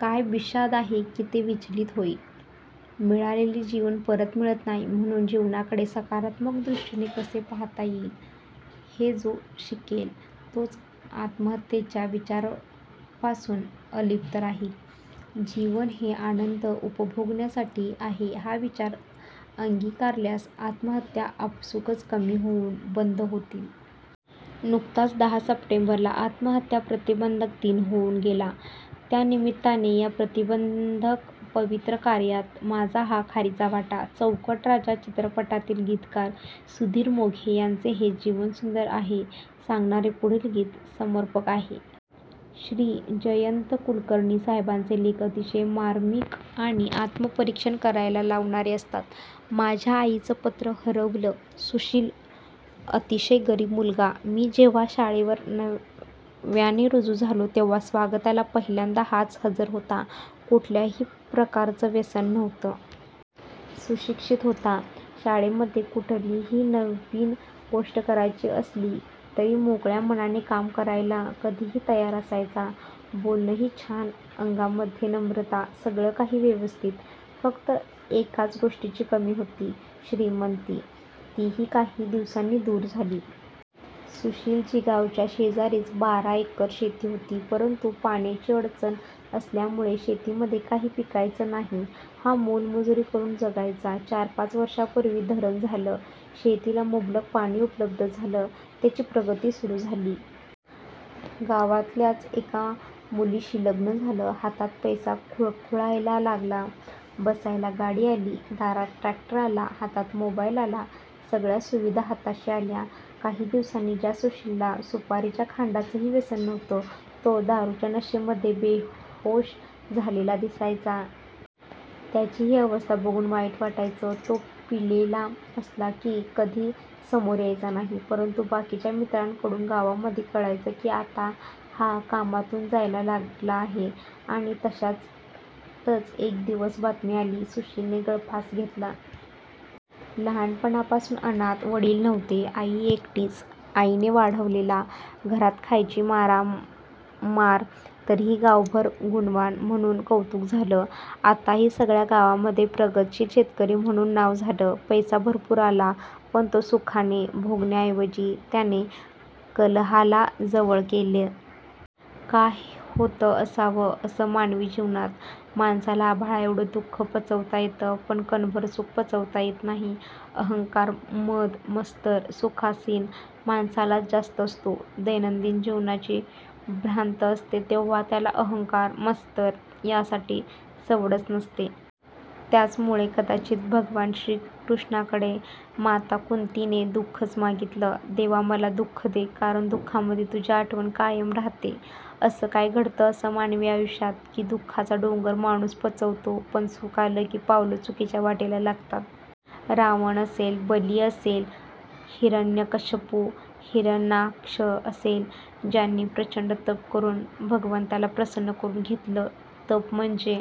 काय बिशाद आहे की ते विचलित होईल! मिळालेलं जीवन परत मिळत नाही म्हणून जीवनाकडे सकारात्मक दृष्टीने कसे पाहता येईल हे जो शिकेल तोच आत्महत्येच्या विचारापासून अलिप्त राहील. जीवन हे आनंद उपभोगण्यासाठी आहे हा विचार अंगीकारल्यास आत्महत्या आपसूकच कमी होऊन बंद होतील! नुकताच दहा सप्टेंबरला आत्महत्या प्रतिबंधक दिन होऊन गेला. त्या निमित्ताने या प्रतिबंधक पवित्र कार्यात माझा हा खारीचा वाटा! चौकट राजा चित्रपटातील गीतकार सुधीर मोघे यांचे हे जीवन सुंदर आहे सांगणारे पुढील गीत समर्पक आहे. श्री. जयंत कुलकर्णी साहेबांचे लेख अतिशय र्मामीक आणि आत्मपरीक्षण करायला लावणारे असतात. माझ्या आईचं पत्र हरवलं! सुशील अतिशय गरीब मुलगा. मी जेव्हा शाळेवर नव्याने रुजू झालो तेव्हा स्वागताला पहिल्यांदा हाच हजर होता. कुठल्याही प्रकारचं व्यसन नव्हतं. सुशिक्षित होता. शाळेमध्ये कुठलीही नवीन गोष्ट करायची असली तरी मोकळ्या मनाने काम करायला कधीही तयार असायचा. बोलणंही छान. अंगामध्ये नम्रता. सगळं काही व्यवस्थित. फक्त एकाच गोष्टीची कमी होती. श्रीमंती. तीही काही दिवसांनी दूर झाली. सुशीलची गावाच्या शेजारीच बारा एकर शेती होती, परंतु पाण्याची अडचण असल्यामुळे शेतीमध्ये काही पिकायचं नाही. हा मोलमजुरी करून जगायचा. चार पाच वर्षांपूर्वी धरण झालं. शेतीला मुबलक पाणी उपलब्ध झालं. त्याची प्रगती सुरू झाली. गावातल्याच एका मुलीशी लग्न झालं. हातात पैसा खुळखुळायला लागला. बसायला गाडी आली. दारात ट्रॅक्टर आला. हातात मोबाईल आला. सगळ्या सुविधा हाताशी आल्या. काही दिवसांनी ज्या सुशीलला सुपारीच्या खांडाचंही व्यसन नव्हतं, तो दारूच्या नशेमध्ये बेहोष झालेला दिसायचा. त्याची ही अवस्था बघून वाईट वाटायचं. तो पिलेला असला की कधी समोर यायचा नाही, परंतु बाकीच्या मित्रांकडून गावांमध्ये कळायचं की आता हा कामातून जायला लागला आहे आणि तशातच एक दिवस बातमी आली, सुशिलने गळफास घेतला! लहानपणापासून अनाथ. वडील नव्हते. आई एकटीच. आईने वाढवलेला. घरात खायची मारामार, तरीही गावभर गुणवान म्हणून कौतुक झालं. आताही सगळ्या गावामध्ये प्रगतीशील शेतकरी म्हणून नाव झालं. पैसा भरपूर आला, पण तो सुखाने भोगण्याऐवजी त्याने कलहाला जवळ केलं. का होत असावं असं मानवी जीवनात? माणसाला आभाळाएवढं दुःख पचवता येतं पण कणभर सुख पचवता येत नाही. अहंकार, मद, मत्सर, सुखासीन माणसालाच जास्त असतो. दैनंदिन जगण्याची भ्रांत असते तेव्हा त्याला अहंकार, मत्सर यासाठी सवडच नसते. त्याचमुळे कदाचित भगवान श्रीकृष्णाकडे माता कुंतीने दुःखंच मागितलं, देवा मला दुःख दे, कारण दुःखामध्ये तुझी आठवण कायम राहते. असं काय घडतं असं मानवी आयुष्यात, की दुःखाचा डोंगर माणूस पचवतो, पण सुख आलं की पावलं चुकीच्या वाटेला लागतात. रावण असेल, बली असेल, हिरण्यकश्यपू, हिरण्याक्ष असेल ज्यांनी प्रचंड तप करून भगवंताला प्रसन्न करून घेतलं. तप म्हणजे